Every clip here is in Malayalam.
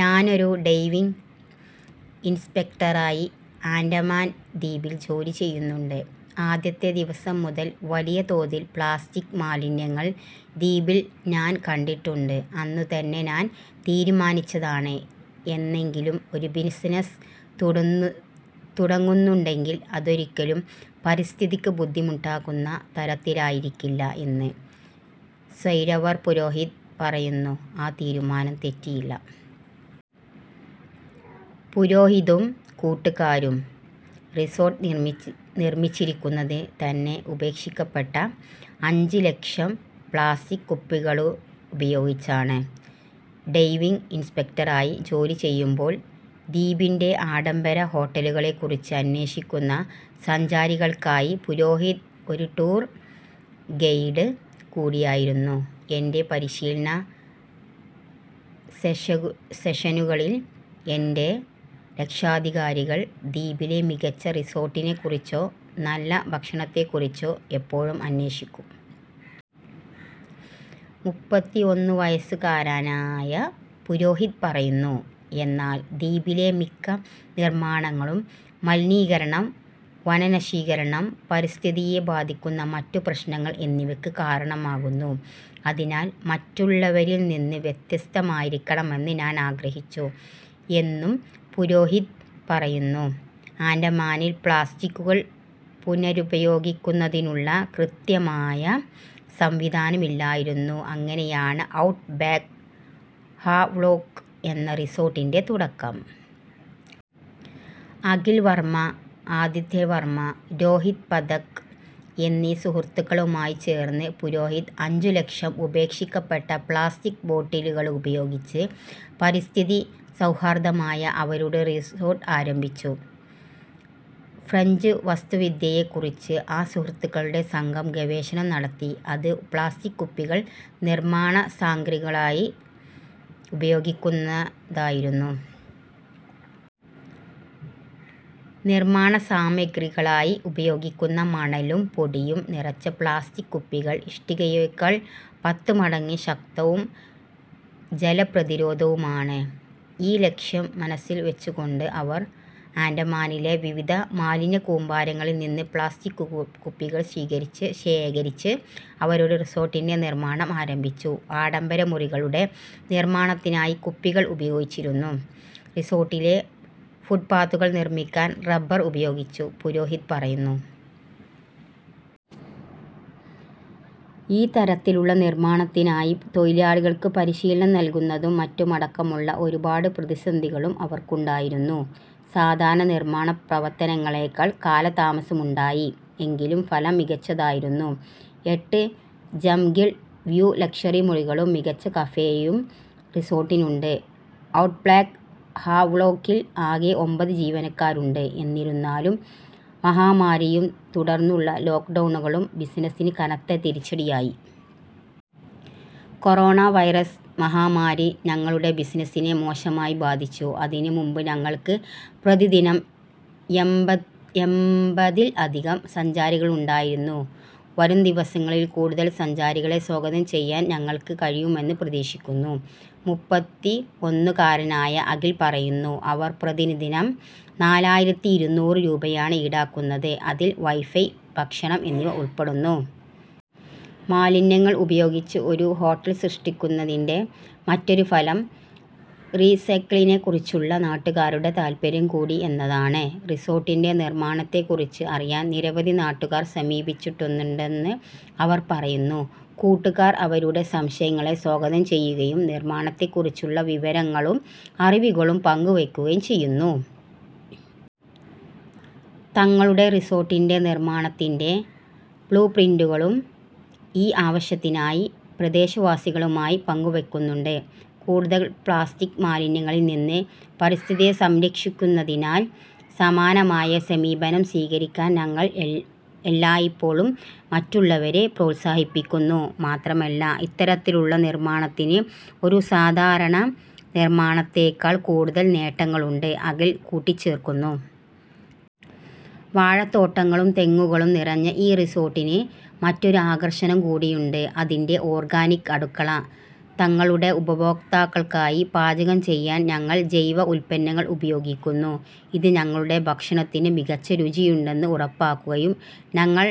ഞാനൊരു ഡൈവിംഗ് ഇന്‍സ്ട്രക്ടറായി ആന്‍ഡമാന് ദ്വീപില്‍ ജോലി ചെയ്യുന്നുണ്ട്. ആദ്യത്തെ ദിവസം മുതല്‍ വലിയ തോതില്‍ പ്ലാസ്റ്റിക് മാലിന്യങ്ങള്‍ ദ്വീപില്‍ ഞാന്‍ കണ്ടിട്ടുണ്ട്. അന്നുതന്നെ ഞാന്‍ തീരുമാനിച്ചതാണ് എന്നെങ്കിലും ഒരു ബിസിനസ് തുടന്നു തുടങ്ങുന്നുണ്ടെങ്കില്‍ അതൊരിക്കലും പരിസ്ഥിതിക്ക് ബുദ്ധിമുട്ടുണ്ടാക്കുന്ന തരത്തിലായിരിക്കില്ല എന്ന് -സൊയ്രവർ പുരോഹിത് പറയുന്നു. ആ തീരുമാനം തെറ്റിയില്ല. പുരോഹിതും കൂട്ടുകാരും റിസോർട്ട് നിർമിച്ചി നിർമ്മിച്ചിരിക്കുന്നത് തന്നെ ഉപേക്ഷിക്കപ്പെട്ട അഞ്ച് ലക്ഷം പ്ലാസ്റ്റിക് കുപ്പികളുപയോഗിച്ചാണ്. ഡൈവിംഗ് ഇൻസ്പെക്ടറായി ജോലിചെയ്യുമ്പോൾ, ദ്വീപിന്‍റെ ആഡംബര ഹോട്ടലുകളെക്കുറിച്ച് അന്വേഷിക്കുന്ന സഞ്ചാരികൾക്കായി പുരോഹിത് ഒരു ടൂർ ഗൈഡ് കൂടിയായിരുന്നു. " എന്‍റെ പരിശീലന സെഷകു സെഷനുകളിൽ, എന്‍റെ രക്ഷാധികാരികൾ ദ്വീപിലെ മികച്ച റിസോർട്ടിനെക്കുറിച്ചോ നല്ല ഭക്ഷണത്തെക്കുറിച്ചോ എപ്പോഴും അന്വേഷിക്കും. മൂപ്പത്തിഒന്നു വയസുകാരനായ പുരോഹിത് പറയുന്നു, " എന്നാൽ ദ്വീപിലെ മിക്ക നിർമ്മാണങ്ങളും മലിനീകരണം, വനനശീകരണം, പരിസ്ഥിതിയെ ബാധിക്കുന്ന മറ്റ് പ്രശ്നങ്ങൾ എന്നിവയ്ക്ക് കാരണമാകുന്നു. അതിനാൽ, മറ്റുള്ളവരിൽ നിന്ന് വ്യത്യസ്തമായിരിക്കണമെന്ന് ഞാൻ ആഗ്രഹിച്ചു. " എന്നും പുരോഹിത് പറയുന്നു. ആന്‍ഡമാനില്‍ പ്ലാസ്റ്റിക്കുകൾ പുനരുപയോഗിക്കുന്നതിനുള്ള കൃത്യമായ സംവിധാനമില്ലായിരുന്നു. അങ്ങനെയാണ് ഔട്ട്ബാക്ക് ഹാവ്ലോക്ക് എന്ന റിസോര്‍ട്ടിന്‍റെ തുടക്കം. അഖിൽ വര്‍മ, ആദിത്യ വര്‍മ, രോഹിത് പഥക് എന്നീ സുഹൃത്തുക്കളുമായി ചേര്‍ന്ന് പുരോഹിത് അഞ്ച് ലക്ഷം ഉപേക്ഷിക്കപ്പെട്ട പ്ലാസ്റ്റിക് ബോട്ടിലുകളുപയോഗിച്ച് പരിസ്ഥിതി സൌഹാർദ്ദമായ അവരുടെ റിസോര്‍ട്ട് ആരംഭിച്ചു. ഫ്രഞ്ച് വാസ്തുവിദ്യയെക്കുറിച്ച് ആ സുഹൃത്തുക്കളുടെ സംഘം ഗവേഷണം നടത്തി, അത് പ്ലാസ്റ്റിക് കുപ്പികൾ നിർമ്മാണ സാഗ്രികളായി ഉപയോഗിക്കുന്നതായിരുന്നു. നിർമ്മാണ സാമഗ്രികളായി ഉപയോഗിക്കുന്ന മണലും പൊടിയും നിറച്ച പ്ലാസ്റ്റിക് കുപ്പികൾ ഇഷ്ടികയേക്കാൾ പത്ത് മടങ്ങ് ശക്തവും ജലപ്രതിരോധവുമാണ്. ഈ ലക്ഷ്യം മനസ്സിൽ വെച്ചുകൊണ്ട് അവർ ആൻഡമാനിലെ വിവിധ മാലിന്യക്കൂമ്പാരങ്ങളിൽ നിന്ന് പ്ലാസ്റ്റിക് കു കുപ്പികൾ സ്വീകരിച്ച് ശേഖരിച്ച് അവരുടെ റിസോർട്ടിന്റെ നിർമ്മാണം ആരംഭിച്ചു. ആഡംബര മുറികളുടെ നിർമ്മാണത്തിനായി കുപ്പികൾ ഉപയോഗിച്ചിരുന്നു, റിസോർട്ടിലെ ഫുഡ്പാത്തുകൾ നിർമ്മിക്കാൻ റബ്ബർ ഉപയോഗിച്ചു -പുരോഹിത് പറയുന്നു. ഈ തരത്തിലുള്ള നിര്‍മ്മാണത്തിനായി തൊഴിലാളികള്‍ക്ക് പരിശീലനം നല്കുന്നതും മറ്റുമടക്കമുള്ള ഒരുപാട് പ്രതിസന്ധികളും അവർക്കുണ്ടായിരുന്നു. സാധാരണ നിര്‍മാണ പ്രവര്‍ത്തനങ്ങളേക്കാള്‍ കാലതാമസവുമുണ്ടായി. എങ്കിലും ഫലം മികച്ചതായിരുന്നു. എട്ട് ജംഗിള് വ്യൂ ലക്ഷ്വറി മുറികളും മികച്ച കഫേയും റിസോര്‍ട്ടിനുണ്ട്. ഔട്ട്ബാക്ക് ഹാവ്ലോക്കിൽ ആകെ ഒമ്പത് ജീവനക്കാരുണ്ട്. എന്നിരുന്നാലും, മഹാമാരിയും തുടർന്നുള്ള ലോക്ക്ഡൌണുകളും ബിസിനസിന് കനത്ത തിരിച്ചടിയായി. '' കൊറോണ വൈറസ് മഹാമാരി ഞങ്ങളുടെ ബിസിനസിനെ മോശമായി ബാധിച്ചു. അതിന് മുമ്പ് ഞങ്ങൾക്ക് പ്രതിദിനം എമ്പ എമ്പത്തിൽ അധികം സഞ്ചാരികളുണ്ടായിരുന്നു. വരും ദിവസങ്ങളിൽ കൂടുതൽ സഞ്ചാരികളെ സ്വാഗതം ചെയ്യാൻ ഞങ്ങൾക്ക് കഴിയുമെന്ന് പ്രതീക്ഷിക്കുന്നു " മൂപ്പത്തിഒന്നു കാരനായ അഖിൽ പറയുന്നു. അവർ പ്രതിദിനം നാലായിരത്തിഇരുനൂറ് രൂപയാണ് ഈടാക്കുന്നത്, അതിൽ വൈഫൈ, ഭക്ഷണം എന്നിവ ഉൾപ്പെടുന്നു. മാലിന്യങ്ങൾ ഉപയോഗിച്ച് ഒരു ഹോട്ടൽ സൃഷ്ടിക്കുന്നതിന്‍റെ മറ്റൊരു ഫലം റീസൈക്ലിംഗിനെക്കുറിച്ചുള്ള നാട്ടുകാരുടെ താൽപ്പര്യം കൂടി എന്നതാണ്. റിസോർട്ടിന്റെ നിർമ്മാണത്തെക്കുറിച്ച് അറിയാൻ നിരവധി നാട്ടുകാർ സമീപിച്ചിട്ടുന്നുണ്ടെന്ന് അവര്‍ പറയുന്നു. കൂട്ടുകാര്‍ അവരുടെ സംശയങ്ങളെ സ്വാഗതം ചെയ്യുകയും നിര്‍മാണത്തെ കുറിച്ചുള്ള വിവരങ്ങളും അറിവികളും പങ്ക് വയ്ക്കുകയും ചെയ്യുന്നു. തങ്ങളുടെ റിസോർട്ടിന്റെ നിർമ്മാണത്തിന്റെ ബ്ലൂപ്രിന്റുകളും ഈ ആവശ്യത്തിനായി പ്രദേശവാസികളുമായി പങ്കുവയ്ക്കുന്നുണ്ട്. " കൂടുതൽ പ്ലാസ്റ്റിക് മാലിന്യങ്ങളിൽ നിന്ന് പരിസ്ഥിതിയെ സംരക്ഷിക്കുന്നതിനാൽ സമാനമായ സമീപനം സ്വീകരിക്കാൻ ഞങ്ങൾ എല്ലായ്പ്പോഴും മറ്റുള്ളവരെ പ്രോത്സാഹിപ്പിക്കുന്നു. മാത്രമല്ല, ഇത്തരത്തിലുള്ള നിർമ്മാണത്തിന് ഒരു സാധാരണ നിർമ്മാണത്തേക്കാൾ കൂടുതൽ നേട്ടങ്ങളുണ്ട് " അഖിൽ കൂട്ടിച്ചേർക്കുന്നു. വാഴത്തോട്ടങ്ങളും തെങ്ങുകളും നിറഞ്ഞ ഈ റിസോർട്ടിന് മറ്റൊരു ആകര്‍ഷണം കൂടിയുണ്ട് അതിന്‍റെ ഓർഗാനിക് അടുക്കള. " തങ്ങളുടെ ഉപഭോക്താക്കൾക്കായി പാചകം ചെയ്യാൻ ഞങ്ങൾ ജൈവ ഉൽപ്പന്നങ്ങൾ ഉപയോഗിക്കുന്നു. ഇത് ഞങ്ങളുടെ ഭക്ഷണത്തിന് മികച്ച രുചിയുണ്ടെന്ന് ഉറപ്പാക്കുകയും ഞങ്ങൾ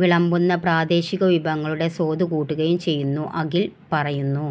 വിളമ്പുന്ന പ്രാദേശിക വിഭവങ്ങളുടെ സ്വാദ് കൂട്ടുകയും ചെയ്യുന്നു " അഖിൽ പറയുന്നു.